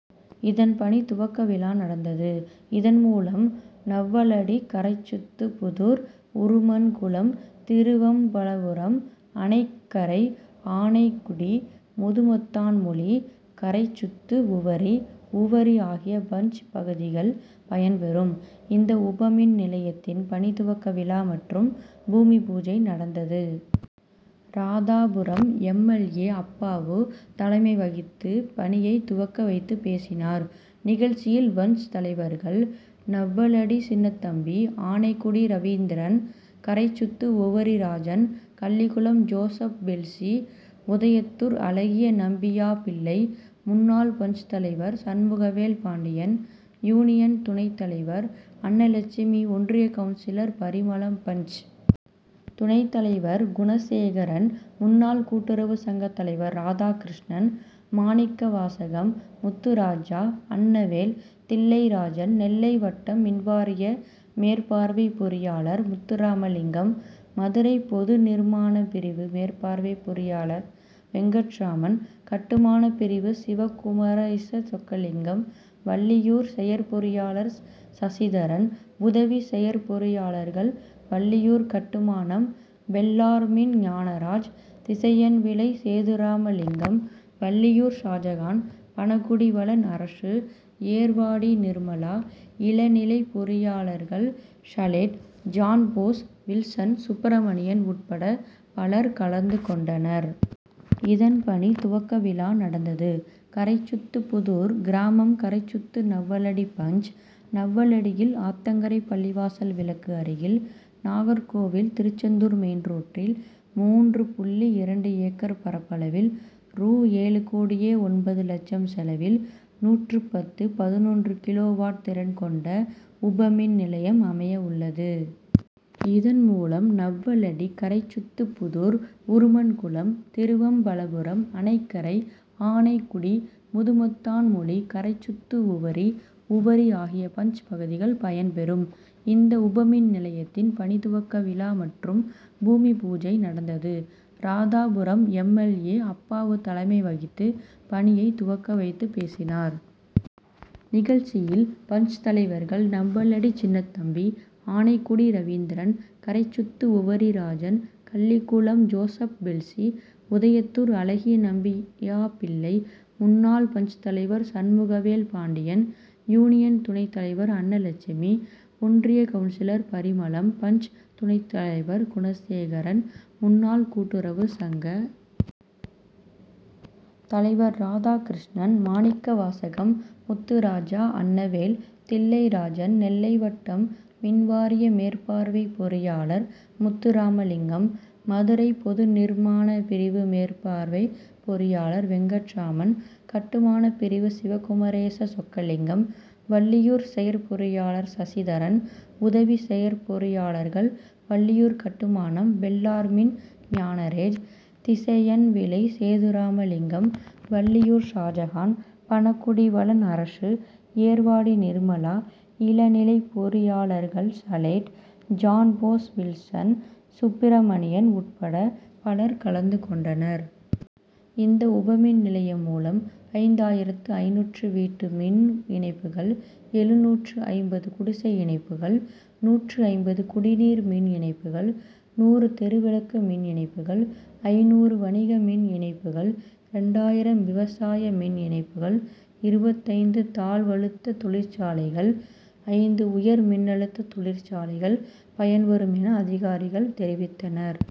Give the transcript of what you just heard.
இதன் பணி துவக்க விழா நடந்தது. இதன் மூலம் நவ்வலடி, கரைச்சுத்து புதூர், உருமன்குளம், திருவம்பலபுரம், அணைக்கரை, ஆனைகுடி, முதுமொத்தான்மொழி, கரைச்சுத்து உவரி, உவரி ஆகிய பஞ்., பகுதிகள் பயன் பெறும். இந்த உபமின் நிலையத்தின் பணி துவக்க விழா மற்றும் பூமி பூஜை நடந்தது. Radhapuram M. L. A., Appavu தலைமை வகித்து பணியை துவக்கி வைத்து பேசினார். நிகழ்ச்சியில் பஞ்., தலைவர்கள் நவ்வலடி சின்னதம்பி, ஆனைகுடி ரவீந்திரன், கரைச்சுத்து உவரி ராஜன், கள்ளிகுளம் ஜோசப் பெல்ஸி, உதயத்தூர் அழகியநம்பியாபிள்ளை, முன்னாள் பஞ்.,தலைவர் சண்முகவேல் பாண்டியன், யூனியன் துணைத் தலைவர் அன்னலெட்சுமி, ஒன்றிய கவுன்சிலர் பரிமளம், பஞ்., துணைத் தலைவர் குணசேகரன், முன்னாள் கூட்டுறவு சங்க தலைவர் ராதாகிருஷ்ணன், மாணிக்கவாசகம், முத்துராஜா, அன்னவேல், தில்லைராஜன், நெல்லை வட்டம் மின்வாரிய மேற்பார்வை பொறியாளர் முத்துராமலிங்கம், மதுரை பொது நிர்மான பிரிவு மேற்பார்வை பொறியாளர் வெங்கட்ராமன், கட்டுமான பிரிவு சிவகுமரேச சொக்கலிங்கம், வள்ளியூர் செயற்பொறியாளர் சசிதரன், உதவி செயற்பொறியாளர்கள் வள்ளியூர் கட்டுமானம் பெல்லார்மின் ஞானராஜ், திசையன்விளை சேதுராமலிங்கம், வள்ளியூர் ஷாஜகான், பணகுடி வளன் அரசு, ஏர்வாடி நிர்மலா, இளநிலை பொறியாளர்கள் சலேட், ஜான்போஸ், வில்சன், சுப்பிரமணியன் உட்பட பலர் கலந்து கொண்டனர். இதன் பணி துவக்க விழா நடந்தது. கரைச்சுத்து புதூர் கிராமம் கரைச்சுத்து நவ்வலடி பஞ்., நவ்வலடியில் ஆத்தங்கரை பள்ளிவாசல் விலக்கு அருகில் நாகர்கோவில் திருச்செந்தூர் மெயின் ரோட்டில் மூன்று புள்ளி இரண்டு ஏக்கர் பரப்பளவில் ரூ.ஏழு கோடியே ஒன்பது லட்சம் செலவில் நூற்று பத்து, பதினொன்று கிலோ வாட் திறன் கொண்ட உபமின் நிலையம் அமைய உள்ளது. இதன் மூலம் நவ்வலடி, கரைச்சுத்து புதூர், உருமன்குளம், திருவம்பலபுரம், அணைக்கரை, ஆனைகுடி, முதுமொத்தான்மொழி, கரைச்சுத்து உவரி, உவரி ஆகிய பஞ்., பகுதிகள் பயன் பெறும். இந்த உபமின் நிலையத்தின் பணி துவக்க விழா மற்றும் பூமி பூஜை நடந்தது. Radhapuram M. L. A., Appavu தலைமை வகித்து பணியை துவக்கி வைத்து பேசினார். நிகழ்ச்சியில் பஞ்., தலைவர்கள் நவ்வலடி சின்னதம்பி, ஆனைகுடி ரவீந்திரன், கரைச்சுத்து உவரி ராஜன், கள்ளிகுளம் ஜோசப் பெல்ஸி, உதயத்தூர் அழகியநம்பியாபிள்ளை, முன்னாள் பஞ்.,தலைவர் சண்முகவேல் பாண்டியன், யூனியன் துணைத் தலைவர் அன்னலெட்சுமி, ஒன்றிய கவுன்சிலர் பரிமளம், பஞ்., துணைத் தலைவர் குணசேகரன், முன்னாள் கூட்டுறவு சங்க தலைவர் ராதாகிருஷ்ணன், மாணிக்கவாசகம், முத்துராஜா, அன்னவேல், தில்லைராஜன், நெல்லை வட்டம் மின்வாரிய மேற்பார்வை பொறியாளர் முத்துராமலிங்கம், மதுரை பொது நிர்மான பிரிவு மேற்பார்வை பொறியாளர் வெங்கட்ராமன், கட்டுமான பிரிவு சிவகுமரேச சொக்கலிங்கம், வள்ளியூர் செயற்பொறியாளர் சசிதரன், உதவி செயற்பொறியாளர்கள் வள்ளியூர் கட்டுமானம் பெல்லார்மின் ஞானராஜ், திசையன்விளை சேதுராமலிங்கம், வள்ளியூர் ஷாஜகான், பணகுடி வளன் அரசு, ஏர்வாடி நிர்மலா, இளநிலை பொறியாளர்கள் சலேட், ஜான்போஸ், வில்சன், சுப்பிரமணியன் உட்பட பலர் கலந்து கொண்டனர். இந்த உபமின் நிலையம் மூலம் ஐந்தாயிரத்து ஐந்நூறு வீட்டு மின் இணைப்புகள், எழுநூற்று ஐம்பது குடிசை இணைப்புகள், நூற்று ஐம்பது குடிநீர் மின் இணைப்புகள், நூறு தெருவிளக்கு மின் இணைப்புகள், ஐந்நூறு வணிக மின் இணைப்புகள், இரண்டாயிரம் விவசாய மின் இணைப்புகள், இருபத்தைந்து தாழ்வழுத்த தொழிற்சாலைகள், ஐந்து உயர் மின்னழுத்த தொழிற்சாலைகள் பயன்பெறும் என அதிகாரிகள் தெரிவித்தனர்.